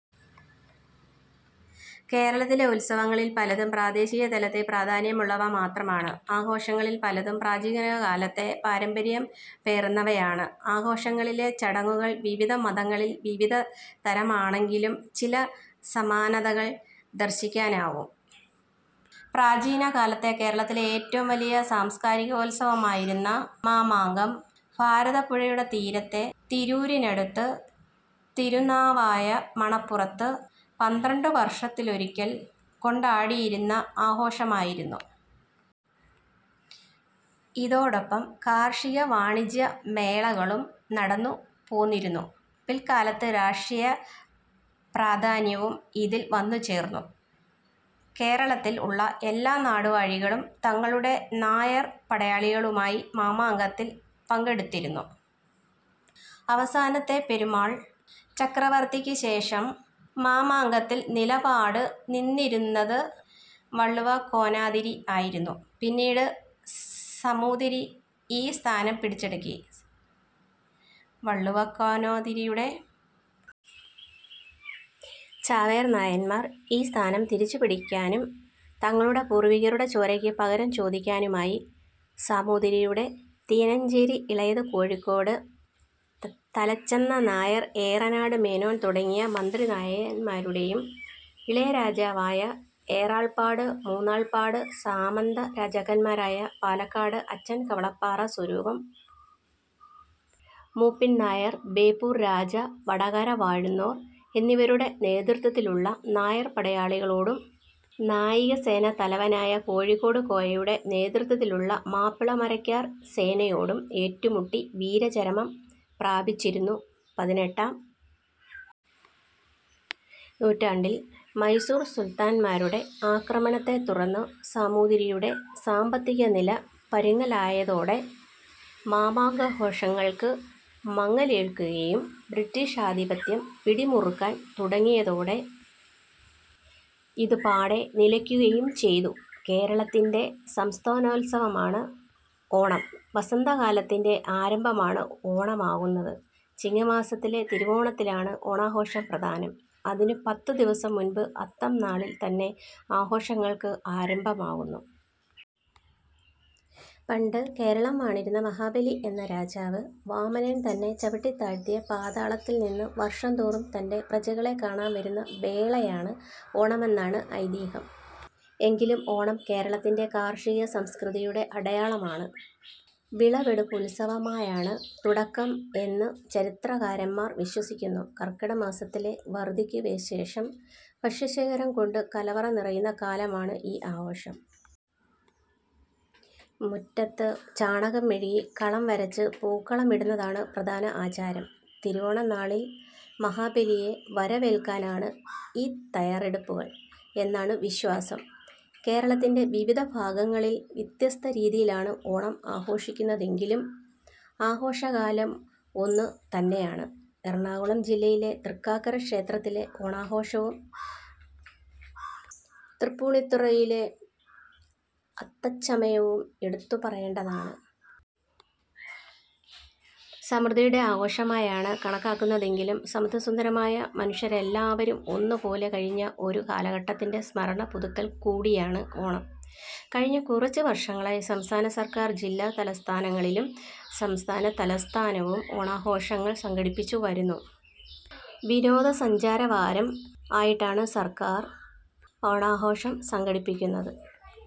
കേരളത്തിലെ ഉത്സവങ്ങളിൽ പലതും പ്രാദേശിക തലത്തിൽ പ്രാധാന്യമുള്ളവ മാത്രമാണ്. ആഘോഷങ്ങളിൽ പലതും പ്രാചീനകാലത്തെ പാരമ്പര്യം പേറുന്നവയാണ്. ആഘോഷങ്ങളിലെ ചടങ്ങുകൾ വിവിധ മതങ്ങളിൽ വിവിധ തരമാണെങ്കിലും ചില സമാനതകൾ ദർശിക്കാനാവും. പ്രാചീനകാലത്തെ കേരളത്തിലെ ഏറ്റവും വലിയ സാംസ്കാരികോത്സവമായിരുന്ന മാമാങ്കം ഭാരതപ്പുഴയുടെ തീരത്തെ തിരൂരിനടുത്ത് തിരുനാവായ മണപ്പുറത്ത് പന്ത്രണ്ട് വർഷത്തിലൊരിക്കൽ കൊണ്ടാടിയിരുന്ന ആഘോഷമായിരുന്നു. ഇതോടൊപ്പം കാർഷിക വാണിജ്യമേളകളും നടന്നുപോന്നിരുന്നു. പിൽക്കാലത്ത് രാഷ്ട്രീയ പ്രാധാന്യവും ഇതിന് വന്നുചേർന്നു. കേരളത്തിൽ ഉള്ള എല്ലാ നാടുവാഴികളും തങ്ങളുടെ നായർ പടയാളികളുമായി മാമാങ്കത്തിൽ പങ്കെടുത്തിരുന്നു. അവസാനത്തെ പെരുമാൾ ചക്രവർത്തിക്ക് ശേഷം മാമാങ്കത്തിൽ നിലപാട് നിന്നിരുന്നത് വള്ളുവക്കോനാതിരി ആയിരുന്നു. പിന്നീട് സാമൂതിരി ഈ സ്ഥാനം പിടിച്ചടക്കി. വള്ളുവക്കോനാതിരിയുടെ ചാവേർ നായന്മാർ ഈ സ്ഥാനം തിരിച്ചുപിടിക്കാനും തങ്ങളുടെ പൂർവികരുടെ ചോരയ്ക്ക് പകരം ചോദിക്കാനുമായി സാമൂതിരിയുടെ തിനയഞ്ചേരി ഇളയത് കോഴിക്കോട് തലച്ചെന്നനായർ ഏറനാട് മേനോൻ തുടങ്ങിയ മന്ത്രി നായകന്മാരുടെയും ഇളയ രാജാവായ ഏറാൾപ്പാട് മൂന്നാൾപ്പാട് സാമന്ത രാജാക്കന്മാരായ പാലക്കാട് അച്ചൻ കവളപ്പാറ സ്വരൂപം മൂപ്പിൽ നായർ കുതിരവട്ടത്ത് മൂപ്പിൽ നായർ ബേപ്പൂർ രാജാ വടകര വാഴുന്നോർ എന്നിവരുടെ നേതൃത്വത്തിലുള്ള നായർ പടയാളികളോടും നാവികസേനാ തലവനായ കോഴിക്കോട് കോയയുടെ നേതൃത്വത്തിലുള്ള മാപ്പിള മരക്കാർ സേനയോടും ഏറ്റുമുട്ടി വീരചരമം പ്രാപിച്ചിരുന്നു. പതിനെട്ടാം നൂറ്റാണ്ടിൽ മൈസൂർ സുൽത്താന്മാരുടെ ആക്രമണത്തെ തുടർന്ന് സാമൂതിരിയുടെ സാമ്പത്തികനില പരുങ്ങലായതോടെ മാമാങ്കാഘോഷങ്ങൾക്ക് മങ്ങലേൽക്കുകയും ബ്രിട്ടീഷ് ആധിപത്യം പിടിമുറുക്കാൻ തുടങ്ങിയതോടെ ഇത് പാടേ നിലയ്ക്കുകയും ചെയ്തു. കേരളത്തിൻ്റെ സംസ്ഥാനോത്സവമാണ് ഓണം. വസന്തകാലത്തിൻ്റെ ആരംഭമാണ് ഓണമാകുന്നത്. ചിങ്ങമാസത്തിലെ തിരുവോണത്തിനാണ് ഓണാഘോഷം പ്രധാനം. അതിനു പത്തു ദിവസം മുൻപ് അത്തം നാളിൽ തന്നെ ആഘോഷങ്ങൾക്ക് ആരംഭമാകുന്നു. പണ്ട് കേരളം വാണിരുന്ന മഹാബലി എന്ന രാജാവ് വാമനൻ തന്നെ ചവിട്ടിത്താഴ്ത്തിയ പാതാളത്തിൽ നിന്ന് വർഷം തോറും തൻ്റെ പ്രജകളെ കാണാൻ വരുന്ന വേളയാണ് ഓണമെന്നാണ് ഐതിഹ്യം. എങ്കിലും ഓണം കേരളത്തിൻ്റെ കാർഷിക സംസ്കൃതിയുടെ അടയാളമാണ്. വിളവെടുപ്പുത്സവമായാണ് തുടക്കം എന്നു ചരിത്രകാരന്മാർ വിശ്വസിക്കുന്നു. കർക്കടകമാസത്തിലെ വറുതിക്ക് ശേഷം ഭക്ഷ്യശേഖരം കൊണ്ട് കലവറ നിറയുന്ന കാലമാണ് ഈ ആഘോഷം. മുറ്റത്ത് ചാണകം മെഴുകി കളം വരച്ച് പൂക്കളമിടുന്നതാണ് പ്രധാന ആചാരം. തിരുവോണ നാളിൽ മഹാബലിയെ വരവേൽക്കാനാണ് ഈ തയ്യാറെടുപ്പുകൾ എന്നാണു വിശ്വാസം. കേരളത്തിൻ്റെ വിവിധ ഭാഗങ്ങളിൽ വ്യത്യസ്ത രീതിയിലാണ് ഓണം ആഘോഷിക്കുന്നതെങ്കിലും ആഘോഷകാലം ഒന്നു തന്നെയാണ്. എറണാകുളം ജില്ലയിലെ തൃക്കാക്കര ക്ഷേത്രത്തിലെ ഓണാഘോഷവും തൃപ്പൂണിത്തുറയിലെ അത്തച്ചമയവും എടുത്തുപറയേണ്ടതാണ്. സമൃദ്ധിയുടെ ആഘോഷമായാണ് കണക്കാക്കുന്നതെങ്കിലും സമത്വസുന്ദരമായ മാനുഷരെല്ലാവരും ഒന്നു പോലെ കഴിഞ്ഞ ഒരു കാലഘട്ടത്തിൻ്റെ സ്മരണ പുതുക്കൽ കൂടിയാണ് ഓണം. കഴിഞ്ഞ കുറച്ചു വർഷങ്ങളായി സംസ്ഥാന സർക്കാർ ജില്ലാ തലസ്ഥാനങ്ങളിലും സംസ്ഥാന തലസ്ഥാനത്തും ഓണാഘോഷങ്ങൾ സംഘടിപ്പിച്ചു വരുന്നു. വിനോദസഞ്ചാര വാരം ആയിട്ടാണ് സർക്കാർ ഓണാഘോഷം സംഘടിപ്പിക്കുന്നത്.